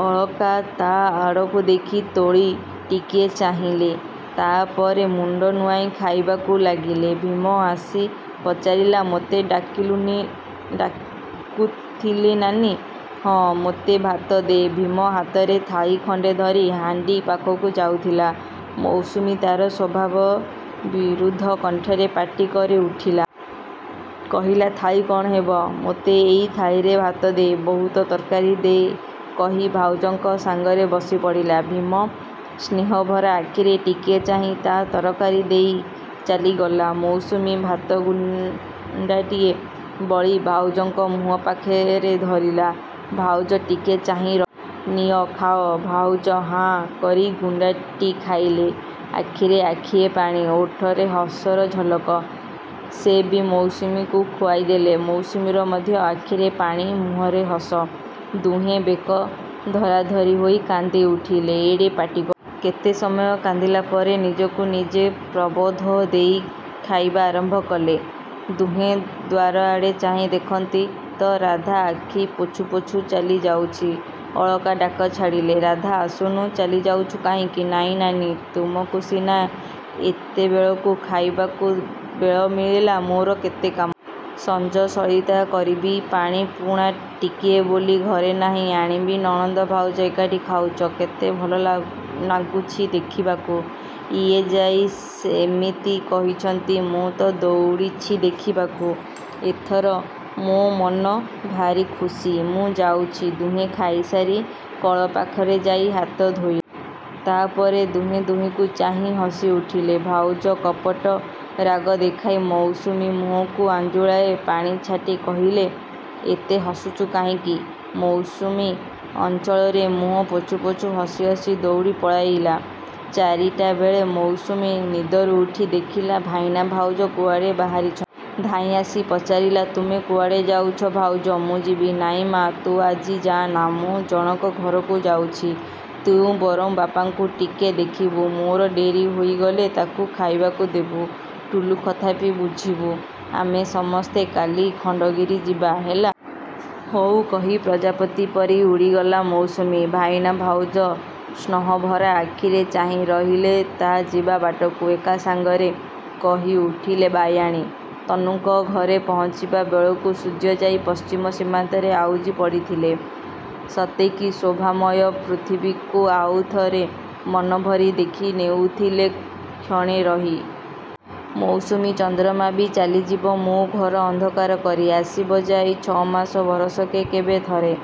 ଅଳକା ତା'ଆଡ଼କୁ ଆଖି ତୋଳି ଟିକିଏ ଚାହିଁଲେ। ତାପରେ ମୁଣ୍ଡ ନୁଆଁଇ ଖାଇବାକୁ ଲାଗିଲେ। ଭୀମ ଆସି ପଚାରିଲା-ମୋତେ ଡାକୁଥିଲେ ନାନୀ? -ହଁ, ମୋତେ ଭାତ ଦେ। ଭୀମ ହାତରେ ଥାଳି ଖଣ୍ଡେ ଧରି ହାଣ୍ଡି ପାଖକୁ ଯାଉଥିଲା, ମୌସୁମୀ ତା'ର ସ୍ୱଭାବ ବିରୁଦ୍ଧ କଣ୍ଠରେ ପାଟି କରିଉଠିଲା। କହିଲା-ଥାଳି କ'ଣ ହେବ? ମୋତେ ଏଇ ଥାଳିରେ ଭାତ ଦେ। ବହୁତ ତରକାରୀ ଦେ କହି ଭାଉଜଙ୍କ ସାଙ୍ଗରେ ବସିପଡ଼ିଲା। ଭୀମ ସ୍ନେହଭରା ଆଖିରେ ଟିକିଏ ଚାହିଁ ଭାତ ତରକାରୀ ଦେଇ ଚାଲିଗଲା। ମୌସୁମୀ ଭାତ ଗୁଣ୍ଡାଟିଏ ବଳି ଭାଉଜଙ୍କ ମୁହଁ ପାଖରେ ଧରିଲା। ଭାଉଜ ଟିକିଏ ଚାହିଁ ରହିଲେ। ନିଅ, ଖାଅ। ଭାଉଜ ହାଁ କରି ଗୁଣ୍ଡାଟି ଖାଇଲେ। ଆଖିରେ ଆଖିଏ ପାଣି, ଓଠରେ ହସର ଝଲକ। ସେ ବି ମୌସୁମୀକୁ ଖୁଆଇଦେଲେ। ମୌସୁମୀର ମଧ୍ୟ ଆଖିରେ ପାଣି ମୁହଁରେ ହସ। ଦୁହେଁ ବେକ ଧରା ଧରି ହୋଇ କାନ୍ଦି ଉଠିଲେ ଏଡ଼େ ପାଟି କରି। କେତେ ସମୟ କାନ୍ଦିଲା ପରେ ନିଜକୁ ନିଜେ ପ୍ରବୋଧ ଦେଇ ଖାଇବା ଆରମ୍ଭ କଲେ। ଦୁହେଁ ଦ୍ୱାରଆଡ଼େ ଚାହିଁ ଦେଖନ୍ତି ତ ରାଧା ଆଖି ପୋଛୁ ପୋଛୁ ଚାଲିଯାଉଛି। ଅଳକା ଡାକ ଛାଡ଼ିଲେ-ରାଧା ଆସୁନୁ, ଚାଲିଯାଉଛୁ କାହିଁକି? -ନାଇଁ ନାନୀ, ତୁମକୁ ସିନା ଏତେବେଳକୁ ଖାଇବାକୁ ବେଳ ମିଳିଲା ମୋର କେତେ କାମ। ସଞ୍ଜ ସଳିତା କରିବି, ପାଣିପୁଣା ଟିକିଏ ବୋଲି ଘରେ ନାହିଁ ଆଣିବି। ନଣନ୍ଦ ଭାଉଜ ଏକାଠି ଖାଉଛ, କେତେ ଭଲନାଗୁଛି ଦେଖିବାକୁ। ଇଏ ଯାଇ ଯେମିତି କହିଛନ୍ତି ମୁଁ ତ ଦୌଡ଼ୁଛି ଦେଖିବାକୁ। ଏଥର ମୋ ମନ ଭାରି ଖୁସି, ମୁଁ ଯାଉଛି। ଦୁହେଁ ଖାଇସାରି କଳ ପାଖରେ ଯାଇ ହାତ ଧୋଇଲେ। ତାପରେ ଦୁହେଁ ଦୁହିଁଙ୍କୁ ଚାହିଁ ହସିଉଠିଲେ। ଭାଉଜ କପଟ ରାଗ ଦେଖାଇ ମୌସୁମୀ ମୁହଁକୁ ଆଞ୍ଜୁଳାଏ ପାଣି ଛାଟି କହିଲେ-ଏତେ ହସୁଛୁ କାହିଁକି? ମୌସୁମୀ ଅଞ୍ଚଳରେ ମୁହଁ ପୋଛୁ ପୋଛୁ ହସି ହସି ଦଉଡ଼ି ପଳାଇଲା। ଚାରିଟାବେଳେ ମୌସୁମୀ ନିଦରୁ ଉଠି ଦେଖିଲା ଭାଇନା ଭାଉଜ କୁଆଡ଼େ ବାହାରିଛନ୍ତି-। ଧାଇଁଆସି ପଚାରିଲା-ତୁମେ କୁଆଡ଼େ ଯାଉଛ ଭାଉଜ, ମୁଁ ଯିବି। -ନାଇଁ ମା' ତୁ ଆଜି ଯାଆନା, ମୁଁ ଜଣକ ଘରକୁ ଯାଉଛି। ତୁ ବରଂ ବାପାଙ୍କୁ ଟିକେ ଦେଖିବୁ, ମୋର ଡେରି ହୋଇଗଲେ ତାଙ୍କୁ ଖାଇବାକୁ ଦେବୁ। ଟୁଲୁ କଥା ବି ବୁଝିବୁ। ଆମେ ସମସ୍ତେ କାଲି ଖଣ୍ଡଗିରି ଯିବା, ହେଲା। ହଉ କହି ପ୍ରଜାପତି ପରି ଉଡ଼ିଗଲା ମୌସୁମୀ। ଭାଇନା ଭାଉଜ ସ୍ନହଭରା ଆଖିରେ ଚାହିଁ ରହିଲେ ତା' ଯିବା ବାଟକୁ। ଏକା ସାଙ୍ଗରେ କହିଉଠିଲେ ବାୟାଣୀ। ତନୁଙ୍କ ଘରେ ପହଞ୍ଚିବା ବେଳକୁ ସୂର୍ଯ୍ୟ ଯାଇ ପଶ୍ଚିମ ସୀମାନ୍ତରେ ଆଉଜି ପଡ଼ିଥିଲେ। ସତେକି ଶୋଭାମୟ ପୃଥିବୀକୁ ଆଉଥରେ ମନଭରି ଦେଖିନେଉଥିଲେ କ୍ଷଣେ ରହି। ମୌସୁମୀ ଚନ୍ଦ୍ରମା ବି ଚାଲିଯିବ ମୋ ଘର ଅନ୍ଧକାର କରି। ଆସିବ ଯାଇ ଛମାସ ବରଷକେ କେବେ ଥରେ।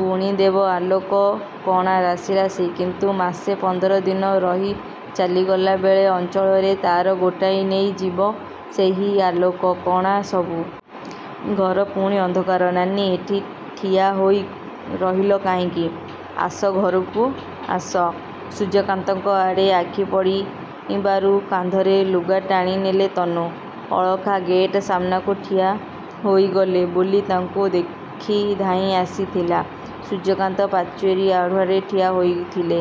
ବୁଣିଦେବ ଆଲୋକ-କଣା ରାଶି ରାଶି। କିନ୍ତୁ ମାସେ ପନ୍ଦର ଦିନ ରହି ଚାଲିଗଲା ବେଳେ ଅଞ୍ଚଳରେ ତା'ର ଗୋଟାଇ ନେଇ ଯିବ ସେହି ଆଲୋକ-କଣା ସବୁ। ଘର ପୁଣି ଅନ୍ଧକାର। -ନାନୀ, ଏଠି ଠିଆ ହୋଇ ରହିଲ କାହିଁକି, ଆସ ଘରକୁ ଆସ। ସୂର୍ଯ୍ୟକାନ୍ତଙ୍କ ଆଡ଼େ ଆଖିପଡ଼ିବାରୁ କାନ୍ଧରେ ଲୁଗା ଟାଣିନେଲା ତନୁ। ଅଳକା ଗେଟ୍ ସାମନାକୁ ଠିଆ ହୋଇଗଲେ ବୋଲି ତାଙ୍କୁ ଦେଖି ଧାଇଁ ଆସିଥିଲା। ସୂର୍ଯ୍ୟକାନ୍ତ ପ୍ରାଚୀର ଆଢ଼ୁଆଳରେ ଠିଆ ହୋଇଥିଲେ,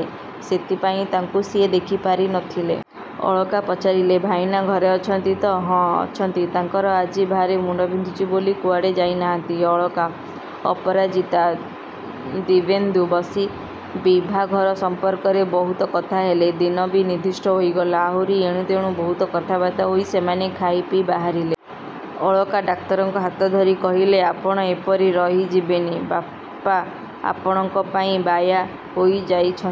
ସେଥିପାଇଁ ତାଙ୍କୁ ସିଏ ଦେଖିପାରିନଥିଲା। ଅଳକା ପଚାରିଲେ-ଭାଇନା ଘରେ ଅଛନ୍ତି ତ। -ହଁ, ଅଛନ୍ତି। ତାଙ୍କର ଆଜି ଭାରି ମୁଣ୍ଡ ବିନ୍ଧୁଛି ବୋଲି କୁଆଡ଼େ ଯାଇନାହାନ୍ତି। ଅଳକା, ଅପରାଜିତା, ଦିବ୍ୟେନ୍ଦୁ ବସି ବିଭାଘର ସମ୍ପର୍କରେ ବହୁତ କଥାହେଲେ। ଦିନ ବି ନିର୍ଦ୍ଦିଷ୍ଟ ହୋଇଗଲା। ଆହୁରି ଏଣୁତେଣୁ ବହୁତ କଥାବାର୍ତ୍ତା ହୋଇ ସେମାନେ ଖାଇ ପିଇ ବାହାରିଲେ। ଅଳକା ଡାକ୍ତରଙ୍କ ହାତଧରି କହିଲେ-ଆପଣ ଏପରି ରହିଯିବେନି। ବାପା ଆପଣଙ୍କ ପାଇଁ ବାୟା ହୋଇଯାଇଛନ୍ତି।